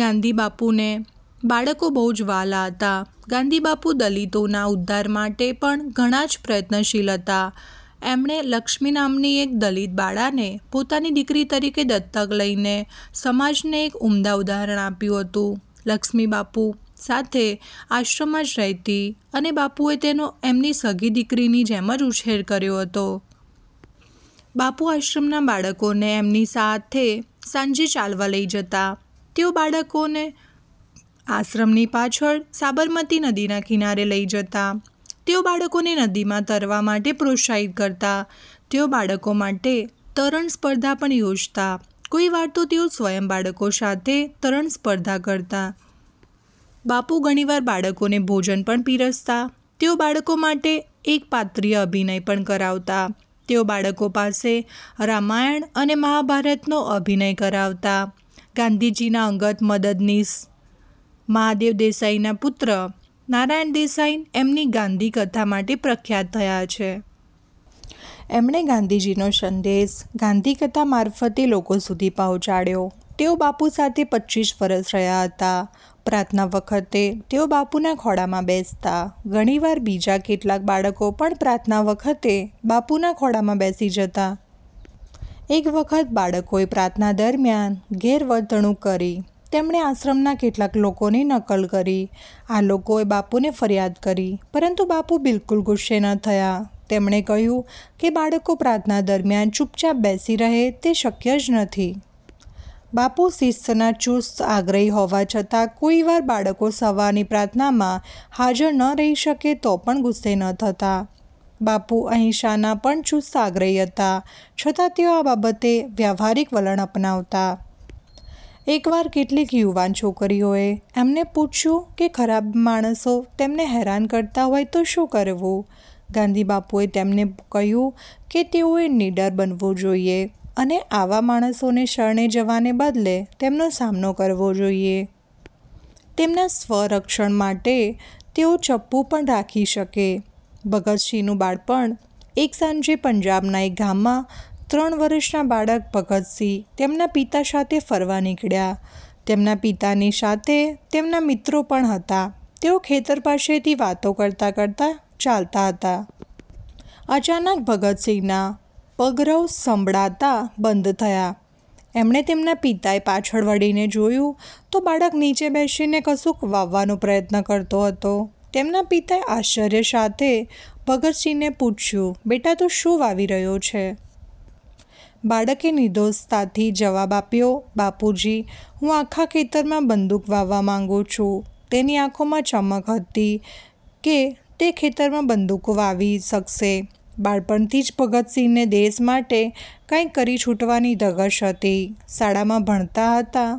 ગાંધીબાપુને બાળકો બહુ જ વહાલાં હતા. ગાંધીબાપુ દલિતોના ઉદ્ધાર માટે પણ ઘણા જ પ્રયત્નશીલ હતા. એમણે લક્ષ્મી નામની એક દલિત બાળાને પોતાની દીકરી તરીકે દત્તક લઇને સમાજને એક ઉમદા ઉદાહરણ આપ્યું હતું. લક્ષ્મી બાપુ સાથે આશ્રમમાં જ રહેતી, અને બાપુએ તેનો એમની સગી દીકરીની જેમ જ ઉછેર કર્યો હતો. બાપુ આશ્રમના બાળકોને એમની સાથે સાંજે ચાલવા લઇ જતા. તેઓ બાળકોને આશ્રમની પાછળ સાબરમતી નદીના કિનારે લઇ જતા. તેઓ બાળકોને નદીમાં તરવા માટે પ્રોત્સાહિત કરતા. તેઓ બાળકો માટે તરણ સ્પર્ધા પણ યોજતા. કોઈ વાર તો તેઓ સ્વયં બાળકો સાથે તરણ સ્પર્ધા કરતા. બાપુ ઘણી વાર બાળકોને ભોજન પણ પીરસતા. તેઓ બાળકો માટે એકપાત્રીય અભિનય પણ કરાવતા. તેઓ બાળકો પાસે રામાયણ અને મહાભારતનો અભિનય કરાવતા. ગાંધીજીના અંગત મદદનીશ મહાદેવ દેસાઈના પુત્ર નારાયણ દેસાઈ એમની ગાંધી કથા માટે પ્રખ્યાત થયા છે. એમણે ગાંધીજીનો સંદેશ "ગાંધીકથા" મારફતે લોકો સુધી પહોંચાડયો. તેઓ બાપુ સાથે પચ્ચીસ વર્ષ રહ્યા હતા. પ્રાર્થના વખતે તેઓ બાપુના ખોળામાં બેસતા. ઘણી વાર બીજા કેટલાક બાળકો પણ પ્રાર્થના વખતે બાપુના ખોળામાં બેસી જતા. એક વખત બાળકોએ પ્રાર્થના દરમ્યાન ગેરવર્તણુંક કરી. તેમણે આશ્રમના કેટલાક લોકોની નકલ કરી. આ લોકોએ બાપુને ફરિયાદ કરી, પરંતુ બાપુ બિલકુલ ગુસ્સે ન થયા. એમણે કહ્યું કે બાળકો પ્રાર્થના દરમ્યાન ચૂપચાપ બેસી રહે તે શક્ય જ નથી. બાપુ શિસ્તના ચુસ્ત આગ્રહી હોવા છતાં કોઈ વાર બાળકો સવારની પ્રાર્થનામાં હાજર ન રહી શકે તો પણ ગુસ્સે ન થતા. બાપુ અહિંસાના પણ ચુસ્ત આગ્રહી હતા, છતાં તેઓ આ બાબતે વ્યાવહારિક વલણ અપનાવતા. એક વાર કેટલીક યુવાન છોકરીઓએ એમને પૂછ્યું કે ખરાબ માણસો તેમને હેરાન કરતા હોય તો શું કરવું? ગાંધીબાપુએ તેમને કહ્યું કે તેઓએ નીડર બનવું જોઈએ અને આવા માણસોને શરણે જવાને બદલે તેમનો સામનો કરવો જોઈએ. તેમના સ્વરક્ષણ માટે તેઓ ચપ્પુ પણ રાખી શકે! ભગતસિંહનું બાળપણ: એક સાંજે પંજાબના એક ગામમાં ત્રણ વર્ષના બાળક ભગતસિંહ તેમના પિતા સાથે ફરવા નીકળ્યા. તેમના પિતાની સાથે તેમના મિત્ર પણ હતા. તેઓ ખેતર પાસેથી વાતો કરતા-કરતા ચાલતા હતા. અચાનક ભગતસિંહના પગરવ સંભળાતા બંધ થયા એટલે તેમના પિતાએ પાછળ વળીને જોયું, તો બાળક નીચે બેસીને કશુંક વાવવાનો પ્રયત્ન કરતો હતો. તેમના પિતાએ આશ્ચર્ય સાથે ભગતસિંહને પૂછ્યું, "બેટા, તું શું વાવી રહ્યો છે?" બાળકે નિર્દોષતાથી જવાબ આપ્યો, "બાપુજી, હું આખા ખેતરમાં બંદૂક વાવવા માંગુ છું." તેની આંખોમાં ચમક હતી કે તે ખેતરમાં બંદૂકો વાવી શકશે. બાળપણથી જ ભગતસિંહને દેશ માટે કાઇંક કરી છૂટવાની ધગશ હતી. શાળામાં ભણતા હતા